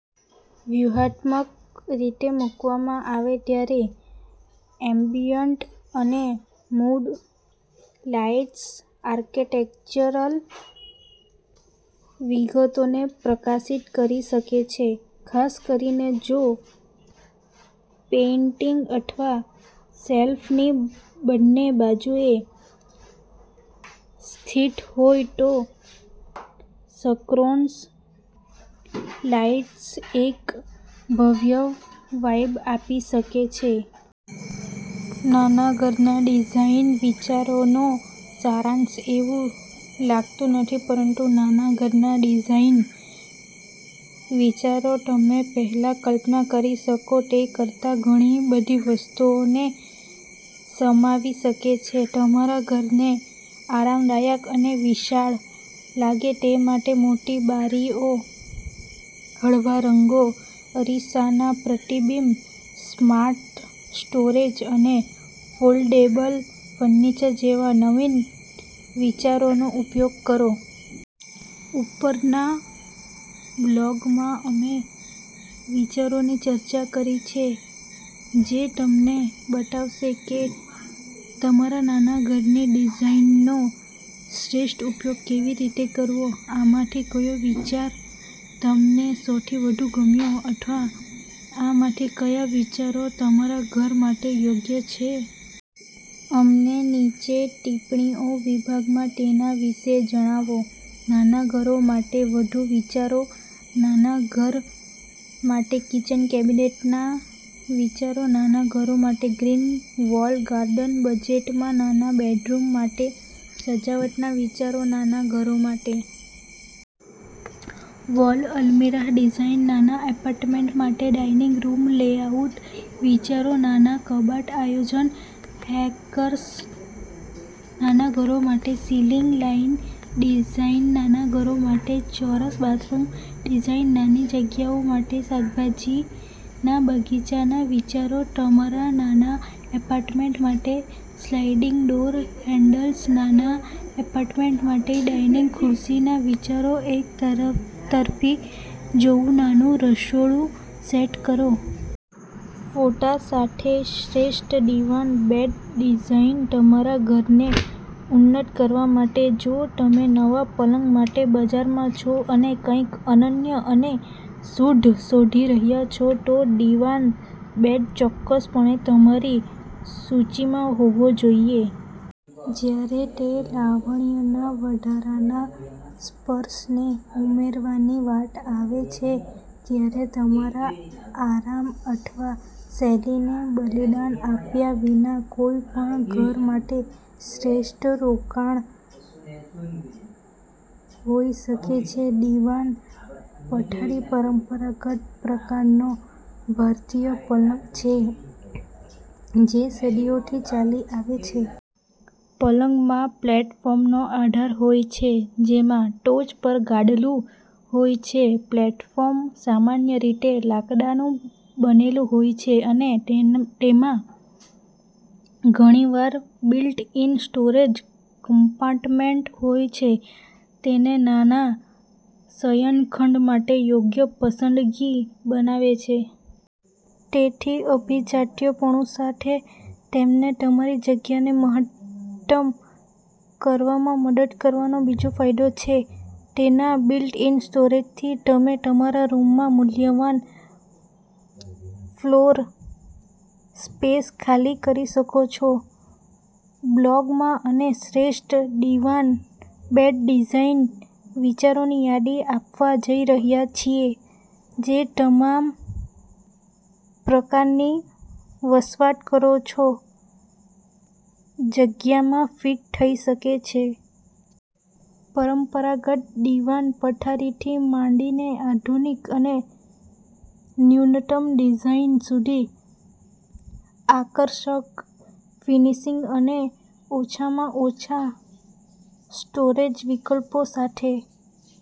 વ્યૂહાત્મક રીતે મૂકવામાં આવે ત્યારે એમ્બિયન્ટ અને મૂડ લાઇટ્સ આર્કિટેક્ચરલ વિગતોને પ્રકાશિત કરી શકે છે. ખાસ કરીને જો પેઇન્ટિંગ અથવા શેલ્ફની બંને બાજુએ સ્થિત હોય તો સ્કોન્સ લાઇટ્સ એક ભવ્ય વાઇબ આપી શકે છે. નાના ઘરના ડિઝાઇન વિચારોનો સારાંશ એવું લાગતું નથી, પરંતુ નાના ઘરના ડિઝાઇન વિચારો તમે પહેલા કલ્પના કરી શકો તે કરતાં ઘણી બધી વસ્તુઓને સમાવી શકે છે. તમારા ઘરને આરામદાયક અને વિશાળ લાગે તે માટે મોટી બારીઓ, હળવા રંગો, અરીસાના પ્રતિબિંબ, સ્માર્ટ સ્ટોરેજ અને ફોલ્ડેબલ ફર્નિચર જેવા નવીન વિચારોનો ઉપયોગ કરો. ઉપરના બ્લોગમાં, અમે વિચારોની ચર્ચા કરી છે જે તમને બતાવશે કે તમારા નાના ઘરની ડિઝાઇનનો શ્રેષ્ઠ ઉપયોગ કેવી રીતે કરવો. આમાંથી કયો વિચાર તમને સૌથી વધુ ગમ્યો? અથવા આમાંથી કયા વિચારો તમારા ઘર માટે યોગ્ય છે? અમને નીચે ટિપ્પણીઓ વિભાગમાં તેના વિશે જણાવો. નાના ઘરો માટે વધુ વિચારો નાના ઘર માટે કિચન કેબિનેટના વિચારો નાના ઘરો માટે ગ્રીન વોલ ગાર્ડન બજેટમાં નાના બેડરૂમ માટે સજાવટના વિચારો નાના ઘરો માટે વોલ અલમિરાહ ડિઝાઇન નાના એપાર્ટમેન્ટ્સ માટે ડાઇનિંગ રૂમ લેઆઉટ વિચારો નાના કબાટ આયોજન હેક્સ નાના ઘરો માટે સિલિંગ લાઇટ ડિઝાઇન નાના ઘરો માટે ચોરસ બાથરૂમ ડિઝાઇન નાની જગ્યાઓ માટે શાકભાજીના બગીચાના વિચારો તમારા નાના એપાર્ટમેન્ટ માટે સ્લાઇડિંગ ડોર હેન્ડલ્સ નાના એપાર્ટમેન્ટ્સ માટે ડાઇનિંગ ખુરશીના વિચારો એક તરફી જેવું નાનું રસોડું સેટ કરો+.. ફોટા સાથે શ્રેષ્ઠ દીવાન બેડ ડિઝાઇનતમારા ઘરને ઉન્નત કરવા માટે જો તમે નવા પલંગ માટે બજારમાં છો અને કંઈક અનન્ય અને શુદ્ધ શોધી રહ્યાં છો, તો દિવાન બેડ ચોક્કસપણે તમારી સૂચિમાં હોવો જોઈએ. જ્યારે તે લાવણ્યના વધારાના સ્પર્શને ઉમેરવાની વાત આવે છે, ત્યારે તમારા આરામ અથવા શૈલીને બલિદાન આપ્યા વિના, તે કોઈપણ ઘર માટે શ્રેષ્ઠ રોકાણ હોઈ શકે છે. દીવાન પથારીપરંપરાગત પ્રકારનો ભારતીય પલંગ છે જે સદીઓથી ચાલી આવે છે. પલંગમાં પ્લેટફોર્મનો આધાર હોય છે જેમાં ટોચ પર ગાદલું હોય છે. પ્લેટફોર્મ સામાન્ય રીતે લાકડાનું બનેલું હોય છે અને તેમાં ઘણીવાર બિલ્ટ-ઇન સ્ટોરેજ કમ્પાર્ટમેન્ટ હોય છે. તેને નાના શયનખંડ માટે યોગ્ય પસંદગી બનાવે છે. તેથી, અભિજાત્યપણુ સાથે તેમને તમારી જગ્યાને મહત્તમ કરવામાં મદદ કરવાનો બીજો ફાયદો છે. તેના બિલ્ટ-ઇન સ્ટોરેજથી તમે તમારા રૂમમાં મૂલ્યવાન ફ્લોર સ્પેસ ખાલી કરી શકો છો. બ્લોગમાં અમે શ્રેષ્ઠ દિવાન બેડ ડિઝાઇન વિચારોની યાદી આપવા જઈ રહ્યા છીએ જે તમામ પ્રકારની વસવાટ કરો છો જગ્યામાં ફિટ થઈ શકે છે. પરંપરાગત દીવાન પથારીથી માંડીને આધુનિક અને ન્યૂનતમ ડિઝાઇન સુધી, આકર્ષક ફિનિશિંગ અને ઓછામાં ઓછા સ્ટોરેજ વિકલ્પો સાથે.